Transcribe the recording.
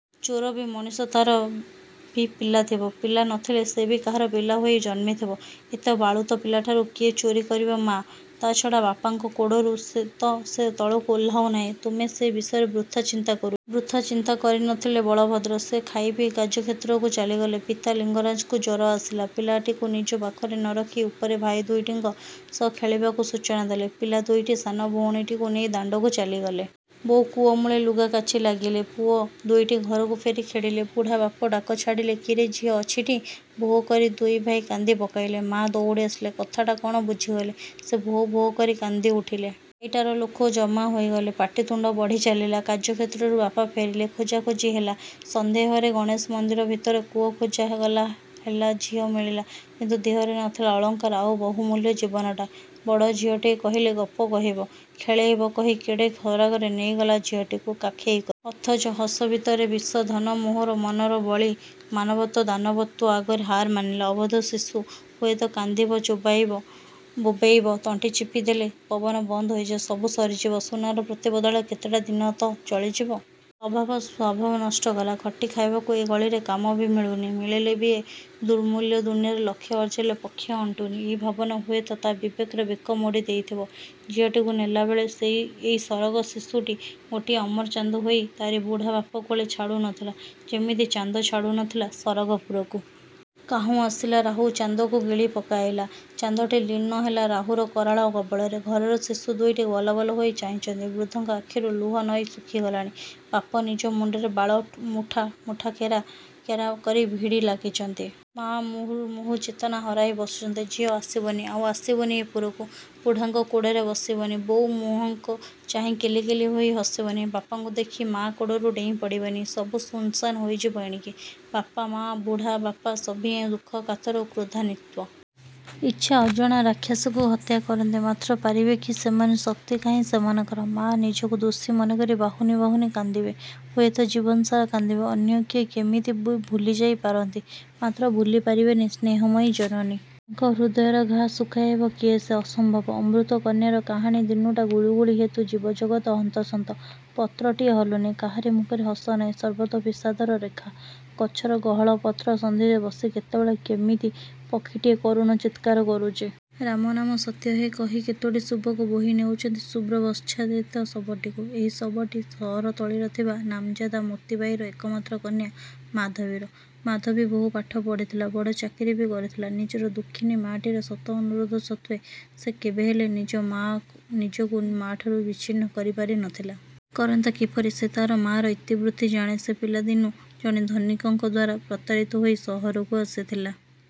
ଚୋର ବି ମଣିଷ ତାର ବି ପିଲା ଥିବ, ପିଲା ନଥିଲେ ସେ ବି କାହାର ପିଲା ହୋଇ ଜନ୍ମିଥିବ। ଏତେ ବାଳୁତ ପିଲାଠାରୁ କିଏ ଚୋରି କରିବ ମ! ତାଛଡ଼ା ବାପାଙ୍କ କୋଡ଼ରୁ ତ ସେ ତଳକୁ ଓହ୍ଳାଉ ନାହିଁ। ତୁମେ ସେ ବିଷୟରେ ବୃଥା ଚିନ୍ତା କରୁଚ। ବୃଥା ଚିନ୍ତା କରି ନ ଥିଲେ ବଳଭଦ୍ର। ସେ ଖାଇ ପିଇ କାର୍ଯ୍ୟକ୍ଷେତ୍ରକୁ ଚାଲିଗଲେ। ପିତା ଲିଙ୍ଗରାଜଙ୍କୁ ଜ୍ୱର ଆସିଲା। ପିଲାଟିକୁ ନିଜ ପାଖରେ ନ ରଖି ଉପରେ ଭାଇ ଦୁଇଟିଙ୍କ ସହ ଖେଳିବାକୁ ସୂଚନା ଦେଲେ। ପିଲା ଦୁଇଟି ସାନ ଭଉଣୀଟିକୁ ନେଇ ଦାଣ୍ତକୁ ଚାଲିଗଲେ। ବୋଉ କୂଅ ମୂଳେ ଲୁଗା କାଚି ଲାଗିଲେ। ପୁଅ ଦୁଇଟି ଘରକୁ ଫେରି ଖେଳିଲେ। ବୁଢ଼ା ବାପା ଡାକ ଛାଡ଼ିଲେ, କିରେ ଝିଅ ଅଛି ଟି? ଭୋ କରି ଦୁଇ ଭାଇ କାନ୍ଦି ପକାଇଲେ। ମା ଦଉଡ଼ି ଆସିଲେ। କଥାଟା କ'ଣ ବୁଝିଗଲେ। ସେ ଭୋ ଭୋ କରି କାନ୍ଦି ଉଠିଲେ। ସାଇଟାର ଲୋକେ ଜମା ହୋଇଗଲେ। ପାଟି ତୁଣ୍ତ ବଢ଼ି ଚାଲିଲା। କାର୍ଯ୍ୟକ୍ଷେତ୍ରରୁ ବାପା ଫେରିଲେ। ଖୋଜାଖୋଜି ହେଲା। ସନ୍ଦେହରେ ଗଣେଶ ମନ୍ଦିର ଭିତର କୂଅ ଖୋଜାଗଲା ହେଲା। ଝିଅ ମିଳିଲା। କିନ୍ତୁ ଦିହରେ ନଥିଲା ଅଳଙ୍କାର ଆଉ ବହୁ ମୂଲ୍ୟ ଜୀବନଟା। ବଡ଼ ଝିଅଟିଏ, କହିଲା ଗପ କହିବ, ଖେଳେଇବ କହି କେଡ଼େ ସରାଗରେ ନେଇଗଲା ଝିଅଟିକୁ, କାଖେଇ କରି। ଅଥଚ ହସ ଭିତରେ ବିଷ। ଧନ ମୋହର ମନର ବଳି, ମାନବତ୍ୱ ଦାନବତ୍ୱ ଆଗରେ ହାର ମାନିଲା। ଅବୋଧ ଶିଶୁ। ହୁଏତ କାନ୍ଦିବ, ବୋବେଇବ। ତଣ୍ଟି ଚିପି ଦେଲେ, ପବନ ବନ୍ଦ ହୋଇଯିବ। ସବୁ ସରିଯିବ, ସୁନାର ପ୍ରତି ବଦଳରେ କେତେଟା ଦିନ ତ ଚଳିଯିବ। ଅଭାବ ସ୍ୱଭାବ ନଷ୍ଟ କଲା। ଖଟି ଖାଇବାକୁ ଏ ଗଳିରେ କାମ ବି ମିଳୁନି। ମିଳିଲେ ବି ଏ ଦୁର୍ମୂଲ୍ୟ ଦୁନିଆର ଲକ୍ଷେ ଅର୍ଜିଲେ ପକ୍ଷେ ଅଣ୍ଟୁନି। ଏଇ ଭାବନା, ହୁଏତ ତା ବିବେକର ବେକ ମୋଡ଼ି ଦେଇଥିବା। ଝିଅଟିକୁ ନେଲା ବେଳେ, ଏଇ ସରଗ ଶିଶୁଟି ଗୋଟିଏ ଅମର ଚାନ୍ଦ ହୋଇ ତାରି ବୁଢ଼ା ବାପ କୋଳ ଛାଡ଼ୁ ନ ଥିଲା, ଯିମିତି ଚାନ୍ଦ ଛାଡ଼ୁ ନଥିଲା ସରଗପୁରକୁ। କାହୁଁ ଆସିଲା ରାହୁ, ଚାନ୍ଦକୁ ଗିଳି ପକାଇଲା।। ଚାନ୍ଦଟି ଲୀନ ହେଲା ରାହୁର କରାଳ କବଳରେ। ଘରର ଶିଶୁ ଦୁଇଟି ବଲବଲ ହୋଇ ଚାହିଁଛନ୍ତି। ବୃଦ୍ଧଙ୍କ ଆଖିରୁ ଲୁହ ନଈ ଶୁଖି ଗଲାଣି। ବାପ ନିଜ ମୁଣ୍ତରେ ବାଳ ମୁଠା ମୁଠା କେରା କେରା କରି ଭିଡ଼ି ଲାଗିଛନ୍ତି। ମାଆ ମୁର୍ହୁମୁର୍ହୁଃ ଚେତନା ହରାଇ ବସୁଛନ୍ତି। ଝିଅ ଆସିବନି, ଆଉ ଆସିବନି ଏ ପୁରକୁ। ବୁଢ଼ାଙ୍କ କୋଡ଼ରେ ବସିବନି। ବୋଉ ମୁହଁକୁ ଚାହିଁ କିଲିକିଲି ହୋଇ ହସିବନି। ବାପାଙ୍କୁ ଦେଖି ମା କୋଡ଼ରୁ ଡ଼େଇଁ ପଡ଼ିବନି। ସବୁ ଶୁନ୍ଶାନ୍ ହୋଇଯିବ ଏଣିକି। ବାପ, ମା, ବୁଢ଼ା ବାପା, ସଭିଏଁ ଦୁଃଖ କାତର, କ୍ରୋଧାନ୍ୱିତ। ଇଚ୍ଛା, ଅଜଣା ରାକ୍ଷସକୁ ହତ୍ୟା କରନ୍ତେ। ମାତ୍ର ପାରିବେ କି ସେମାନେ ଶକ୍ତି କାହିଁ ସେମାନଙ୍କର? ମା, ନିଜକୁ ଦୋଷୀ ମନେକରି ବାହୁନି ବାହୁନି କାନ୍ଦିବେ। ହୁଏତ ଜୀବନ ସାରା କାନ୍ଦିବେ। ଅନ୍ୟ କିଏ କିମିତି ଭୁଲି ଯାଇପାରନ୍ତି, ମାତ୍ର ଭୁଲି ପାରିବେନି ସ୍ନେହମୟୀ ଜନନୀ। ତାଙ୍କ ହୃଦୟର ଘା' ଶୁଖାଇବ କିଏ ସେ? ଅସମ୍ଭବ!! ଅମୃତ କନ୍ୟାର କାହାଣୀ ଦିନୁଟା ଗୁଳୁଗୁଳି ହେତୁ ଜୀବ-ଜଗତ ହନ୍ତସନ୍ତ। ପତ୍ରଟିଏ ହଲୁନି। କାହାରି ମୁଖରେ ହସ ନାହିଁ। ସର୍ବତ୍ର ବିଷାଦର ରେଖା। ଗଛର ଗହଳ ପତ୍ର ସନ୍ଧିରେ ବସି କେତେବେଳେ କିମିତି ପକ୍ଷୀଟିଏ କରୁଣ ଚିତ୍କାର କରୁଚି। 'ରାମ ନାମ ସତ୍ୟ ହେ' କହି କେତୋଟି ଯୁବକ ବୋହି ନେଉଚନ୍ତି ଶୁଭ୍ର ବସ୍ତ୍ରାଚ୍ଛାଦିତ ଶବଟିକୁ। ଏହି ଶବଟି ସହର ତଳିର ଥିବା ନାମଯାଦା ମୋତିବାଈର ଏକମାତ୍ର କନ୍ୟା ମାଧବୀର। ମାଧବୀ ବହୁ ପାଠ ପଢ଼ିଥିଲା। ବଡ଼ ଚାକିରୀ ବି କରିଥିଲା। ନିଜର ଦୁଃଖିନୀ ମା'ଟିର ଶତ ଅନୁରୋଧ ସତ୍ତ୍ୱେ ସେ କେବେହେଲେ ନିଜକୁ ମା'ଠାରୁ ବିଚ୍ଛିନ୍ନ କରିପାରି ନଥିଲା। କରନ୍ତା କିପରି? ସେ ତା'ର ମା'ର ଇତିବୃତ୍ତି ଜାଣେ। ସେ ପିଲାଟିଦିନୁ ଜଣେ ଧନୀକଙ୍କ ଦ୍ୱାରା ପ୍ରତାରିତ ହୋଇ ସହରକୁ ଆସିଥିଲା।